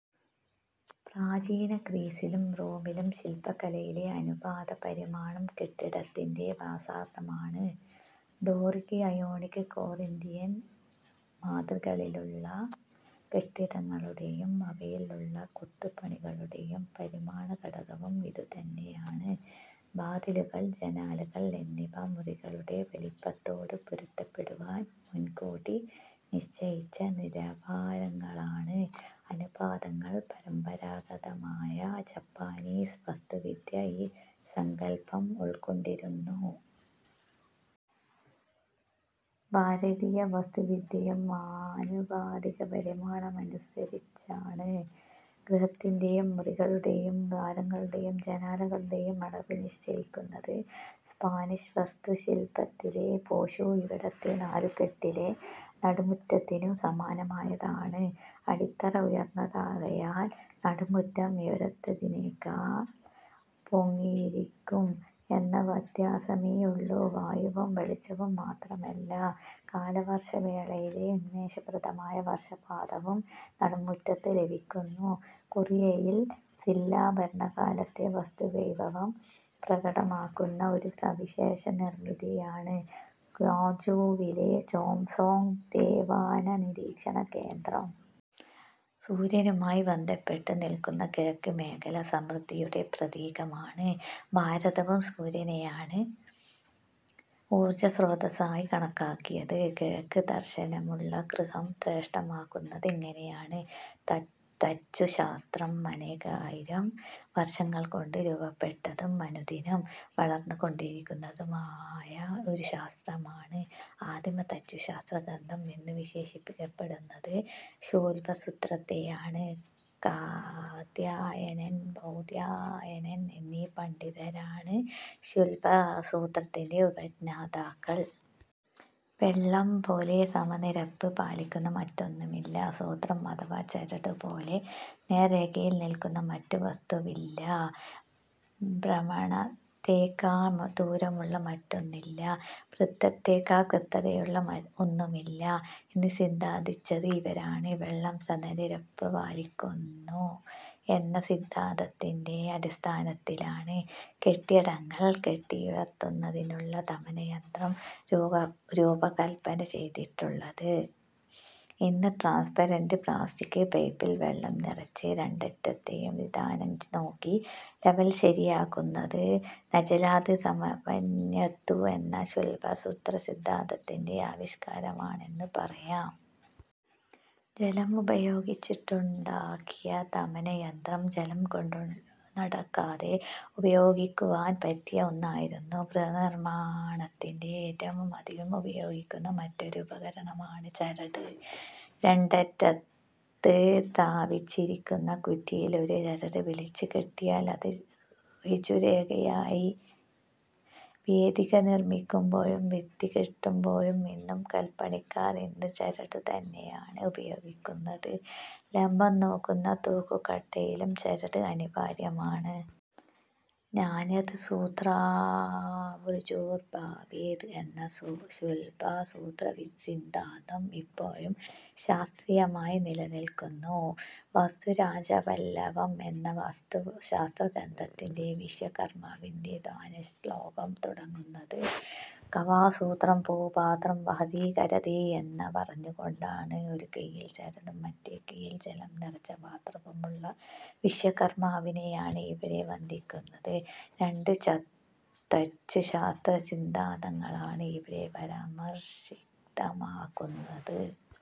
പ്രാചീന ഗ്രീസിലും റോമിലും ശില്പകലയിലെ അനുപാത പരിമാണം കെട്ടിടത്തിന്റെ വ്യാസാർധമാണ്. ഡോറിക്, അയോണിക്, കൊറിന്തിയൻ മാതൃകകളിലുള്ള കെട്ടിടങ്ങളുടേയും അവയിൽ ഉള്ള കൊത്തുപണികളുടേയും പരിമാണ ഘടകവും ഇതുതന്നെയാണ്. വാതിലുകൾ, ജനാലകൾ എന്നിവ മുറികളുടെ വലിപ്പത്തോടു പൊരുത്തപ്പെടുവാൻ മുൻകൂട്ടി നിശ്ചയിച്ച നിലവാരങ്ങളാണ് അനുപാതങ്ങൾ. പരമ്പരാഗതമായ ജാപ്പനീസ് വാസ്തുവിദ്യ ഈ സങ്കല്പം ഉൾക്കൊണ്ടിരുന്നു. ഭാരതീയ വാസ്തുവിദ്യയും ആനുപാതിക പരിമാണമനുസരിച്ചാണ് ഗൃഹത്തിന്റേയും മുറികളുടേയും ദ്വാരങ്ങളുടേയും ജനാലകളുടേയും അളവ് നിശ്ചയിക്കുന്നത്. സ്പാനിഷ് വാസ്തുശില്പത്തിലെ പോഷ്വോ ഇവിടത്തെ നാലുകെട്ടിലെ നടുമുറ്റത്തിനു സമാനമായതാണ്. അടിത്തറ ഉയർന്നതാകയാൽ നടുമുറ്റം ഇവിടത്തേതിനേക്കാൾ പൊങ്ങിയിരിക്കും എന്ന വ്യത്യാസമേയുള്ളു. വായുവും വെളിച്ചവും മാത്രമല്ല, കാലവർഷവേളയിലെ ഉന്മേഷപ്രദമായ വർഷപാതവും നടുമുറ്റത്ത് ലഭിക്കുന്നു. കൊറിയയിൽ സില്ലാ ഭരണകാലത്തെ വാസ്തുവൈഭവം പ്രകടമാക്കുന്ന ഒരു സവിശേഷ നിർമിതിയാണ് ക്യോൻജൂവിലെ ചോം സൊങ് ദേവാന നിരീക്ഷണകേന്ദ്രം. സൂര്യനുമായി ബന്ധപ്പെട്ടു നില്ക്കുന്ന കിഴക്ക് മേഖല സമൃദ്ധിയുടെ പ്രതീകമാണ്. ഭാരതവും സൂര്യനെയാണ് ഊർജ സ്രോതസ്സായി കണക്കാക്കിയത്. കിഴക്ക് ദർശനമുള്ള ഗൃഹം ശ്രേഷ്ഠമാകുന്നത് ഇങ്ങനെയാണ്. തച്ചുശാസ്ത്രം അനേകായിരം വർഷങ്ങൾകൊണ്ട് രൂപപ്പെട്ടതും അനുദിനം വളർന്നുകൊണ്ടിരിക്കുന്നതുമായ ഒരു ശാസ്ത്രമാണ്. ആദിമ തച്ചുശാസ്ത്രഗ്രന്ഥം എന്നു വിശേഷിപ്പിക്കപ്പെടുന്നത് ശുല്ബസൂത്രത്തെയാണ്. കാത്യായനൻ, ബൌധായനൻ എന്നീ പണ്ഡിതരാണ് ശുല്ബസൂത്രത്തിന്റെ ഉപജ്ഞാതാക്കൾ. വെള്ളംപോലെ സമനിരപ്പ് പാലിക്കുന്ന മറ്റൊന്നുമില്ല; സൂത്രം അഥവാ ചരടുപോലെ നേർരേഖയിൽ നില്ക്കുന്ന മറ്റു വസ്തുവില്ല; ഭ്രമണത്തേക്കാൾ ദൂരമുള്ള മറ്റൊന്നില്ല; വൃത്തത്തേക്കാൾ കൃത്യതയുള്ള ഒന്നുമില്ല എന്ന് സിദ്ധാന്തിച്ചത് ഇവരാണ്. വെള്ളം സമനിരപ്പു പാലിക്കുന്നു എന്ന സിദ്ധാന്തത്തിന്റെ അടിസ്ഥാനത്തിലാണ് കെട്ടിടങ്ങൾ കെട്ടിയുയർത്തുന്നതിനുള്ള തമന യന്ത്രം രൂപകല്പന ചെയ്തിട്ടുള്ളത്. ഇന്ന് ട്രാൻസ്പരന്റ് പ്ലാസ്റ്റിക് പൈപ്പിൽ വെള്ളം നിറച്ച് രണ്ടറ്റത്തേയും വിതാനം നോക്കി ലവൽ ശരിയാക്കുന്നത് 'നജലാത് സമവന്യത്തു' എന്ന ശുല്ബസൂത്ര സിദ്ധാന്തത്തിന്റെ ആവിഷ്കാരമാണെന്നു പറയാം. ജലമുപയോഗിച്ചുണ്ടാക്കിയ തമനയന്ത്രം, ജലം കൊണ്ടുനടക്കാതെ ഉപയോഗിക്കുവാൻ പറ്റിയ ഒന്നായിരുന്നു. ഗൃഹനിർമ്മാണത്തിൽ ഏറ്റവും അധികം ഉപയോഗിക്കുന്ന മറ്റൊരു ഉപകരണമാണ് ചരട്. രണ്ടറ്റത്ത് സ്ഥാപിച്ചിരിക്കുന്ന കുറ്റിയിൽ ഒരു ചരട് വലിച്ചു കെട്ടിയാൽ അത് ഋജുരേഖയായി. വേദിക നിർമ്മിക്കുമ്പോഴും ഭിത്തി കെട്ടുമ്പോഴും ഇന്നും കൽപ്പണിക്കാർ ഈ ചരടുതന്നെയാണ് ഉപയോഗിക്കുന്നത്. ലംബം നോക്കുന്ന തൂക്കുകട്ടയിലും ചരട് അനിവാര്യമാണ്. 'നാന്യത് സൂത്രാഭൃജുർ ഭവേത്' എന്ന ശുല്ബസൂത്ര സിദ്ധാന്തം ഇപ്പോഴും ശാസ്ത്രീയമായി നിലനില്ക്കുന്നു. വാസ്തുരാജവല്ലഭം എന്ന വാസ്തുശാസ്ത്രഗ്രന്ഥത്തിൽ വിശ്വകർമാവിന്റെ ധ്യാനശ്ളോകം തുടങ്ങുന്നത് 'കബാസൂത്രംപുപാത്രം വഹതികരതേ' എന്നു പറഞ്ഞുകൊണ്ടാണ്. ഒരു കയ്യിൽ ചരടും മറ്റേ കയ്യിൽ ജലം നിറച്ച പാത്രവുമുള്ള വിശ്വകർമാവിനെയാണ് ഇവിടെ വന്ദിക്കുന്നത്. രണ്ട് തച്ചുശാസ്ത്ര സിദ്ധാന്തങ്ങളാണ് ഇവിടെ പരാമർശിതമാകുന്നത്.